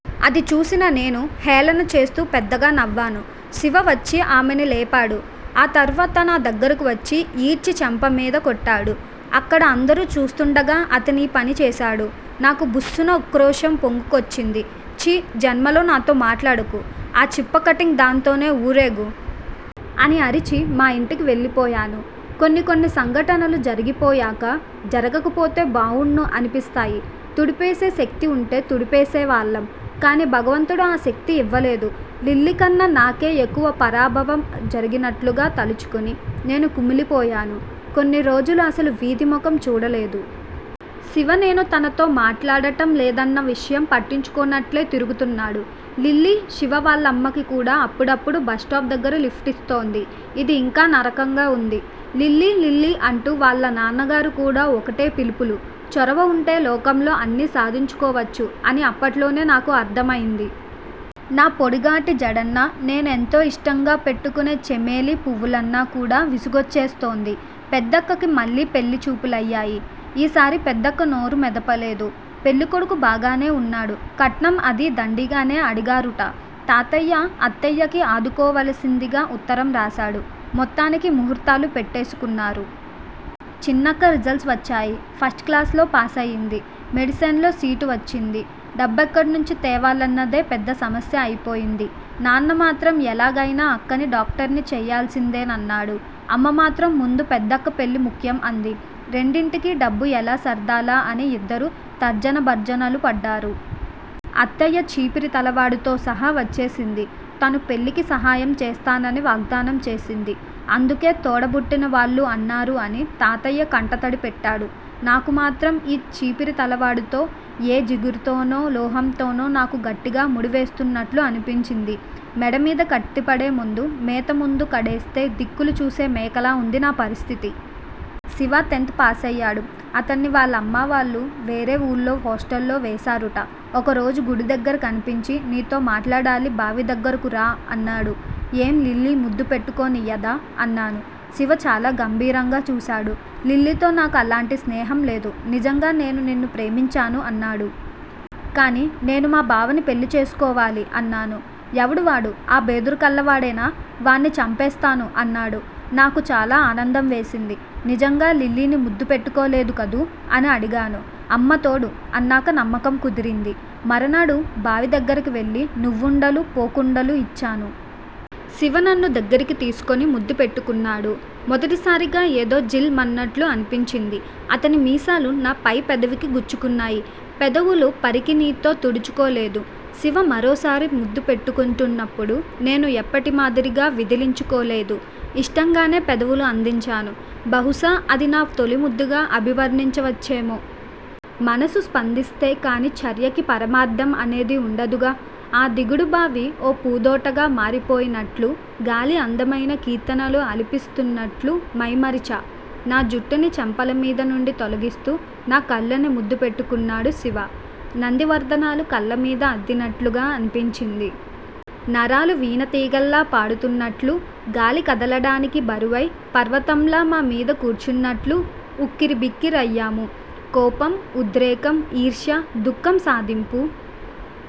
అది చూసిన నేను హేళన చేస్తూ పెద్దగా నవ్వాను. శివ వచ్చి ఆమెని లేపాడు. ఆ తర్వాత నా దగ్గరకువచ్చి యీడ్చి చెంపమీద కొట్టాడు. అక్కడ అందరూ చూస్తుండగా అతనీ పని చేశాడు. నాకు బుస్సున ఉక్రోషం పొంగుకొచ్చింది. ఛీ! జన్మలో నాతో మాట్లాడకు. ఆ చిప్పకట్టింగ్ దాంతోనే వూరేగు! అని అరిచి మా ఇంటికి వెళ్ళిపోయాను. కొన్ని కొన్ని సంఘటనలు జరిగిపోయాకా, జరగకపోతే బావుండ్ను అనిపిస్తాయి. తుడిపేసే శక్తివుంటే తుడిచేసేవాళ్ళం. కానీ భగవంతుడు ఆ శక్తి ఇవ్వలేదు. లిల్లీకన్నా నాకే ఎక్కువ పరాభవం జరిగినట్లుగా తలుచుకుని నేను కుమిలిపోయాను. కొన్ని రోజులు అసలు వీధి మొహం చూడలేదు. శివ నేను తనతో మాట్లాడటంలేదన్న విషయం పట్టించుకోనట్లే తిరుగుతున్నాడు. లిల్లీ శివా వాళ్ళమ్మకి కూడా అప్పుడప్పుడూ బస్ స్టాప్ దగ్గర లిఫ్ట్ ఇస్తోంది. ఇది యింకా నరకంగా వుంది. లిల్లీ లిల్లీ అంటూ వాళ్ళ నాన్నగారు కూడా ఒకటే పిలుపులు. చొరవ ఉంటే లోకంలో అన్నీ సాధించుకోవచ్చు అని అప్పట్లోనే నాకు అర్థమయింది! నా పొడుగాటి జడన్నా, నేను ఎంతో ఇష్టంగా పెట్టుకునే చెమేలీ పువ్వులన్నా కూడా విసుగొచ్చేస్తోంది! పెద్దక్కకి మళ్ళీ పెళ్ళి చూపులయ్యాయి. ఈసారి పెద్దక్క నోరు మెదపలేదు. పెళ్ళికొడుకు బాగానే ఉన్నాడు. కట్నం అదీ దండిగానే అడిగారుట! తాతయ్య అత్తయ్యకి ఆదుకోవలసిందిగా ఉత్తరం రాశాడు. మొత్తానికి ముహూర్తాలు పెట్టేసుకున్నారు. చిన్నక్క రిజల్ట్స్ వచ్చాయి. ఫస్ట్ క్లాసులో పాసయింది. మెడిసిన్లో సీటు వచ్చింది. డబ్బెక్కడ్నించి తేవాలన్నదే పెద్ద సమస్య అయిపొయింది. నాన్నమాత్రం ఎలాగయినా అక్కని డాక్టర్ని చెయ్యాల్సిందేనన్నాడు. అమ్మ మాత్రం ముందు పెద్దక్క పెళ్ళి ముఖ్యం అంది. రెండింటికీ డబ్బు యెలా సర్దాలా అని యిద్దరూ తర్జన భర్జనలు పడ్డారు. అత్తయ్య చీపిరి తలవాడితోసహా వచ్చేసింది. తను పెళ్ళికి సహాయం చేస్తానని వాగ్దానం చేసింది. అందుకే తోడబుట్టిన వాళ్ళు అన్నారు అని తాతయ్య కంటతడి పెట్టాడు. నాకు మాత్రం ఈ చీపిరి తలవాడితో ఏ జిగురుతోనో లోహంతోనో నాకు గట్టిగా ముడివేస్తున్నట్లు అనిపించింది. మెడమీద కత్తిపడే ముందు, మేత ముందు కడేస్తే దిక్కులు చూసే మేకలా వుంది నా పరిస్థితి! శివా టెన్త్ పాసయ్యాడు. అతన్ని వాళ్ళమ్మా వాళ్ళు వేరే ఊళ్ళో హాస్టల్లో వేశారుట. ఒకరోజు గుడిదగ్గర కనిపించి నీతో మాట్లాడాలి బావి దగ్గరకు రా! అన్నాడు. ఏం లిల్లీ ముద్దు పెట్టుకోనియ్యదా? అన్నాను. శివ చాలా గంభీరంగా చూశాడు. లిల్లీతో నాకు అలాంటి స్నేహంలేదు. నిజంగా నేను నిన్ను ప్రేమించాను అన్నాడు. కానీ నేను మా బావని పెళ్ళిచేసుకోవాలి అన్నాను. ఎవడు వాడు? ఆ బెదురు కళ్ళవాడేనా? వాణ్ణి చంపేస్తాను అన్నాడు. నాకు చాలా ఆనందం వేసింది. నిజంగా లిల్లీని ముద్దు పెట్టుకోలేదు కదూ! అని అడిగాను. అమ్మతోడు! అన్నాక నమ్మకం కుదిరింది. మరునాడు బావి దగ్గరికి వెళ్ళి నువ్వుండలూ, పోకుండలూ ఇచ్చాను. శివ నన్ను దగ్గరకి తీసుకుని ముద్దు పెట్టుకున్నాడు. మొదటిసారిగా ఏదో 'జిల్'మన్నట్లు అనిపించింది. అతని మీసాలు నా పై పెదవికి గుచ్చుకున్నాయి. పెదవులు పరికిణీతో తుడుచుకోలేదు. శివ మరోసారి ముద్దు పెట్టుకొంటున్నప్పుడు నేను ఎప్పటి మాదిరిగా విదిలించుకోలేదు. ఇష్టంగానే పెదవులు అందించాను. బహుశా అది నా తొలిముద్దుగా అభివర్ణించవచ్చేమో! మనసు స్పందిస్తే కానీ చర్యకి పరమార్థం అనేది ఉండదుగా! ఆ దిగుడుబావి ఓ పూదోటగా మారిపోయినట్లూ గాలి అందమైన కీర్తనలు ఆలపిస్తున్నట్లూ మైమరిచా. నా జుట్టుని చెంపల మీద నుండి తొలగిస్తూ నా కళ్ళని ముద్దు పెట్టుకున్నాడు శివ. నందివర్ధనాలు కళ్ళ మీద అద్దినట్లుగా అనిపించింది. నరాలు వీణ తీగల్లా పాడుతున్నట్లూ గాలి కదలడానికి బరువై పర్వతంలా మా మీద కూర్చున్నట్లూ ఉక్కిరి బిక్కిరయ్యాము. కోపం, ఉద్రేకం, ఈర్ష్యా, దుఃఖం సాధింపూ